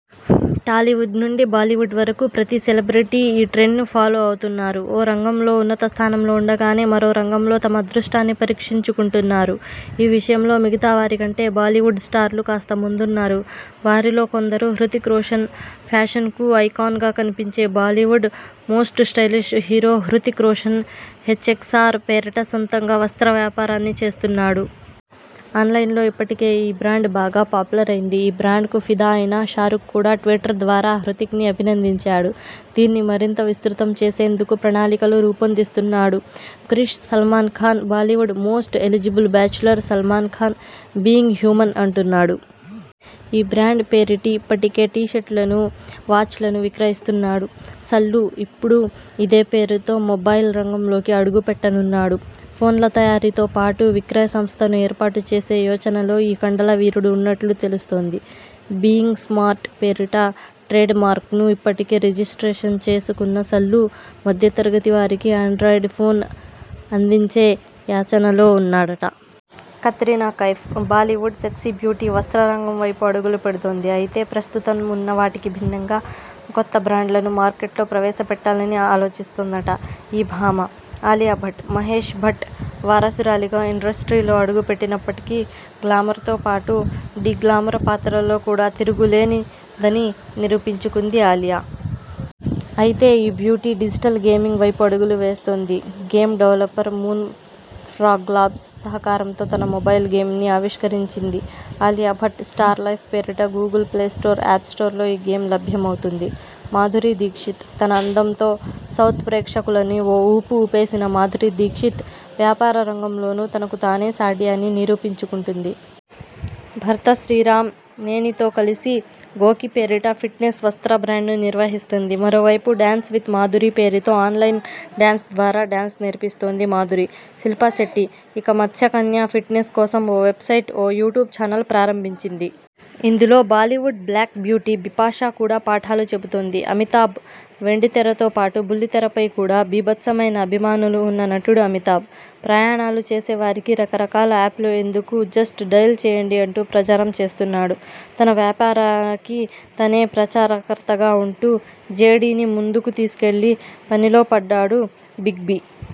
టాలీవుడ్ నుంచి బాలీవుడ్ వరకు ప్రతి సెలెబ్రిటీ ఈ ట్రెండ్ను ఫాలో అవుతున్నారు. ఓ రంగంలో ఉన్నత స్థానంలో ఉండగానే మరో రంగంలో తమ అదృష్టాన్ని పరీక్షించుకుంటున్నారు. ఈ విషయంలో మిగతా వారి కంటే బాలీవుడ్ స్టార్లు కాస్త ముందున్నారు. వారిలో కొందరు హృతిక్ రోషన్: ఫ్యాషన్కు ఐకాన్గా కనిపించే Bollywood most stylish hero Hrithik Roshan 'H X R' పేరిట సొంతంగా వస్త్ర వ్యాపారాన్ని చేస్తున్నాడు. ఆన్లైన్లో ఇప్పటికే ఈ బ్రాండ్ బాగా పాపులర్ అయింది. ఈ బ్రాండ్కు ఫిదా అయిన షారుఖ్ కూడా ట్విట్టర్ ద్వారా హృతిక్ని అభినందించాడు. దీన్ని మరింత విస్తృతం చేసేందుకు ప్రణాళికలు రూపొందిస్తున్నాడు 'Krrish'. Salman Khan: Bollywood most eligible bachelor Salman Khan 'Being Human' అంటున్నాడు. ఈ బ్రాండ్ పేరిటి ఇప్పటికే టీ-షర్టులను, వాచ్లను విక్రయిస్తున్నాడు సల్లూ. ఇప్పుడు ఇదే పేరుతో మొబైల్ రంగంలోకి అడుగుపెట్టనున్నాడు. ఫోన్ల తయారీతో పాటు విక్రయ సంస్థను ఏర్పాటు చేసే యోచనలో ఈ కండలవీరుడు ఉన్నట్లు తెలుస్తోంది. 'బీయింగ్ స్మార్ట్' పేరిట ట్రేడ్ మార్క్ను ఇప్పటికే రిజిస్ట్రేషన్ చేసుకున్న సల్లూ మధ్యతరగతి వారికి ఆండ్రాయిడ్ ఫోన్ అందించే యచనలో ఉన్నాడట. కత్రినా కైఫ్: బాలీవుడ్ సెక్సీబ్యూటీ వస్త్ర రంగంవైపు అడుగు పెడుతోంది. అయితే ప్రస్తుతం ఉన్నవాటికి భిన్నంగా కొత్త బ్రాండ్లను మార్కెట్లో ప్రవేశపెట్టాలని ఆలోచిస్తోందట ఈ భామ. అలియా భట్: మహేష్ భట్ వారసురాలిగా ఇండస్ట్రీలో అడుగుపెట్టినప్పటికీ గ్లమర్తో పాటు డీగ్లామర్ పాత్రల్లో కూడా తిరుగులేదని నిరూపించుకుంది అలియా. అయితే ఈ బ్యూటీ డిజిటల్ గేమింగ్ వైపు అడుగులు వేస్తోంది. గేమ్ డెవలపర్ మూన్ ఫ్రాగ్లాబ్స్ సహకారంతో తన తొలి మొబైల్ గేమ్ని ఆవిష్కరించింది. 'అలియా భట్ స్టార్ లైఫ్' పేరిట గూగుల్ ప్లేస్టోర్, ఆప్ స్టోర్లో ఈ గేమ్ లభ్యమవుతుంది. మాధురీ దీక్షిత్: తన అందంతో సౌత్ ప్రేక్షకులని ఓ ఊపు ఊపేసిన మాధురీ దీక్షిత్ వ్యాపార రంగంలోనూ తనకు తానే సాటి నిరుపించుకుంటుంది. భర్త శ్రీరామ్ నీనేతో కలిసి గోకీ పేరిట ఫిట్నెస్ వస్త్ర బ్రాండ్ను నిర్వహిస్తుంది. మరోవైపు 'డాన్స్ విత్ మాధురీ' పేరుతో ఆన్లైన్ డాన్స్ ద్వారా డాన్స్ నేర్పిస్తోంది మాధురీ. శిల్పా శెట్టి: ఇక మత్స్యకన్య ఫిట్నెస్ కోసం ఓ వెబ్సైట్, ఓ యూట్యూబ్ చానల్ ప్రారంభించింది. ఇందులో బాలీవుడ్ బ్లాక్బ్యూటీ బిపాశా కూడా పాఠాలు చెబుతోంది. అమితాబ్: వెండితెరతో పాటు బుల్లితెరపై కూడా 'బీ'భత్సమైన అభిమానులు ఉన్న నటుడు అమితాబ్. ప్రయాణాలు చేసేవారికి రకరకాల ఆప్లు ఎందుకు జస్ట్ డయల్ చేయండి అంటూ ప్రచారం చేస్తున్నాడు. తన వ్యాపారాకి తనే ప్రచారకర్తగా ఉంటూ 'జేడీ'ని ముందుకు తీసుకెళ్లి పనిలో పడ్డాడు బిగ్బి.